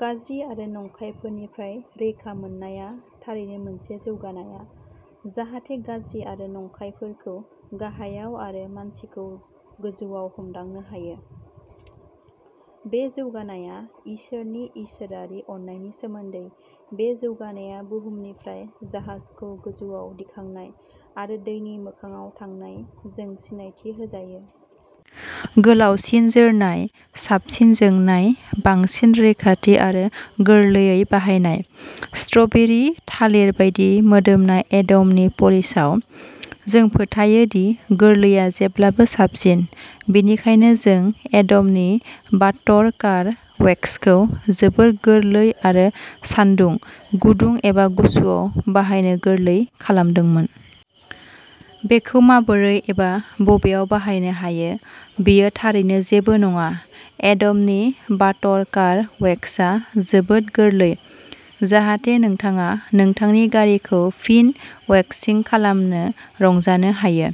गाज्रि आरो नंखायफोरनिफ्राय रैखा मोननाया थारैनो मोनसे जौगानाया, जाहाथे गाज्रि आरो नंखायफोरखौ गाहायाव आरो मानसिखौ गोजौआव हमदांनो हायो। बे जौगानाया इसोरनि इसोरारि अननायनि सोमोन्दै। बे जौगानाया बुहुमनिफ्राय जाहाजखौ गोजौआव दिखांनाय, आरो दैनि मोखांआव थांनाय जों सिनायथि होजायो। गोलावसिन जोरनाय, साबसिन जोंनाय, बांसिन रैखाथि आरो गोरलैयै बाहायनाय। स्ट्रबेरि थालिर बायदि मोदोमनाय एडमनि पलिशआव, जों फोथायो दि गोरलैआ जेब्लाबो साबसिन। बेनिखायनो जों एडमनि बाटर कार वेक्सखौ जोबोद गोरलै आरो सानदुं, गुदुं एबा गुसुआव बाहायनो गोरलै खालामदोंमोन। बेखौ माबोरै एबा बबेयाव बाहायनो हायो, बेयो थारैनो जेबो नङा, एडमनि बाटर कार वेक्सआ जोबोद गोरलै, जाहाथे नोंथाङा नोंथांनि गारिखौ फिन वैक्सिं खालामनो रंजानो हायो।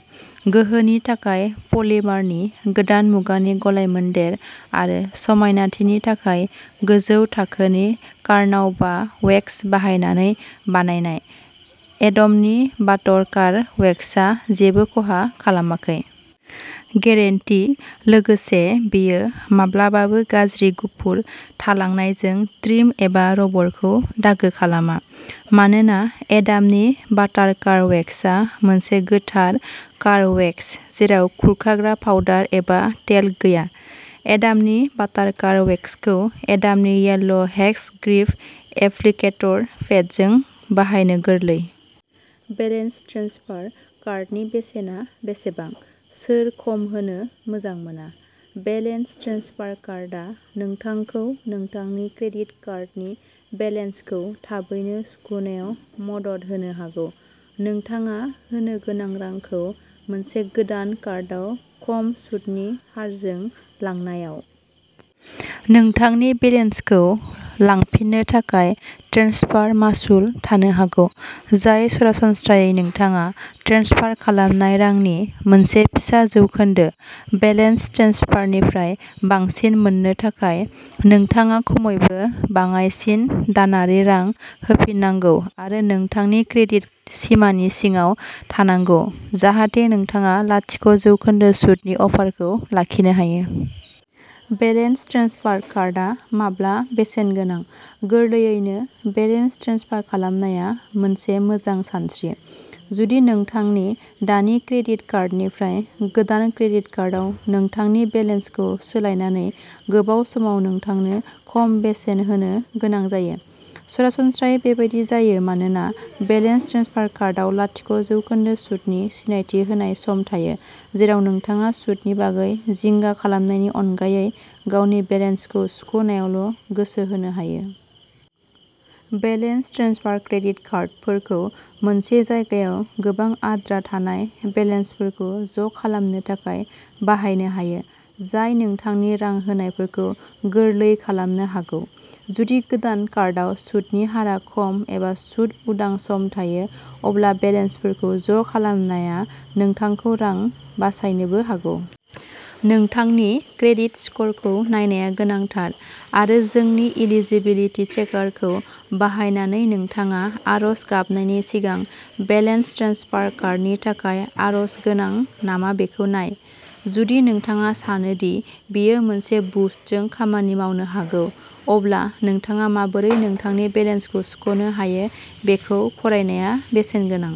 गोहोनि थाखाय पलिमारनि गोदान मुगानि गलायमोन्देर आरो समायनाथिनि थाखाय गोजौ थाखोनि कार्नाउबा वेक्स बाहायनानै बानायनाय, एडमनि बाटर कार वेक्सआ जेबो खहा खालामाखै। गेरेन्टि लोगोसे, बेयो। माब्लाबाबो गाज्रि गुफुर थालांनायजों ट्रिम एबा रबरखौ दागो खालामा। मानोना एडामनि बाटार कार वेक्सआ मोनसे गोथार कार वेक्स जेराव खुरखाग्रा पाउडार एबा टेल्क गैया। एडामनि बाटार कार वेक्सखौ एडामनि येल्ल' हेक्स ग्रिप एप्लिकेटर पेडजों बाहायनो गोरलै। बेलेन्स ट्रेन्सफार कार्डनि बेसेना बेसेबां? सोर खम होनो मोजां मोना? बेलेन्स ट्रेन्सफार कार्डआ नोंथांखौ नोंथांनि क्रेडिट कार्डनि बेलेन्सखौ थाबैनो सुख'नायाव मदद होनो हागौ, नोंथाङा होनो गोनां रांखौ मोनसे गोदान कार्डआव खम सुतनि हारजों लांनायाव। नोंथांनि बेलेन्सखौ लांफिननो थाखाय, ट्रेन्सफार मासुल थानो हागौ, जाय सरासनस्रायै नोंथाङा ट्रेन्सफार खालामनाय रांनि मोनसे फिसा जौखोन्दो। बेलेन्स ट्रेन्सफारनिफ्राय बांसिन मोननो थाखाय, नोंथाङा खमैबो बाङाइसिन दानारि रां होफिननांगौ आरो नोंथांनि क्रेडिट सिमानि सिङाव थानांगौ जाहाथे नोंथाङा लाथिक' जौखोन्दो सुतनि अफारखौ लाखिनो हायो। बेलेन्स ट्रेन्सफार कार्डआ माब्ला बेसेन गोनां? गोरलैयैनो, बेलेन्स ट्रेन्सफार खालामनाया मोनसे मोजां सानस्रि, जुदि नोंथांनि दानि क्रेडिट कार्डनिफ्राय गोदान क्रेडिट कार्डआव नोंथांनि बेलेन्सखौ सोलायनानै गोबाव समाव नोंथांनो खम बेसेन होनो गोनां जायो। सरासनस्रायै बेबादि जायो मानोना बेलेन्स ट्रेन्सफार कार्डआव लाथिक' जौखोन्दो सुतनि सिनायथि होनाय सम थायो, जेराव नोंथाङा सुतनि बागै जिंगा खालामनायनि अनगायै गावनि बेलेन्सखौ सुख' नायावल' गोसो होनो हायो। बेलेन्स ट्रेन्सफार क्रेडिट कार्डफोरखौ मोनसे जायगायाव गोबां आद्रा थानाय बेलेन्सफोरखौ ज'खालामनो थाखाय बाहायनो हायो, जाय नोंथांनि रां होनायफोरखौ गोरलै खालामनो हागौ। जुदि गोदान कार्डआव सुतनि हारआ खम एबा सुत उदां सम थायो, अब्ला बेलेन्सफोरखौ ज'खालामनाया नोंथांखौ रां बासायनोबो हागौ। नोंथांनि क्रेडिट स्करखौ नायनाया गोनांथार आरो जोंनि इलिजिबिलिटि चेकारखौ बाहायनानै नोंथाङा आर'ज गाबनायनि सिगां बेलेन्स ट्रेन्सफार कार्डनि थाखाय आर'ज गोनां नामा बेखौ नाय। जुदि नोंथाङा सानो दि बेयो मोनसे बुस्टजों खामानि मावनो हागौ, अब्ला नोंथाङा माबोरै नोंथांनि बेलेन्सखौ सुख'नो हायो बेखौ फरायनाया बेसेन गोनां।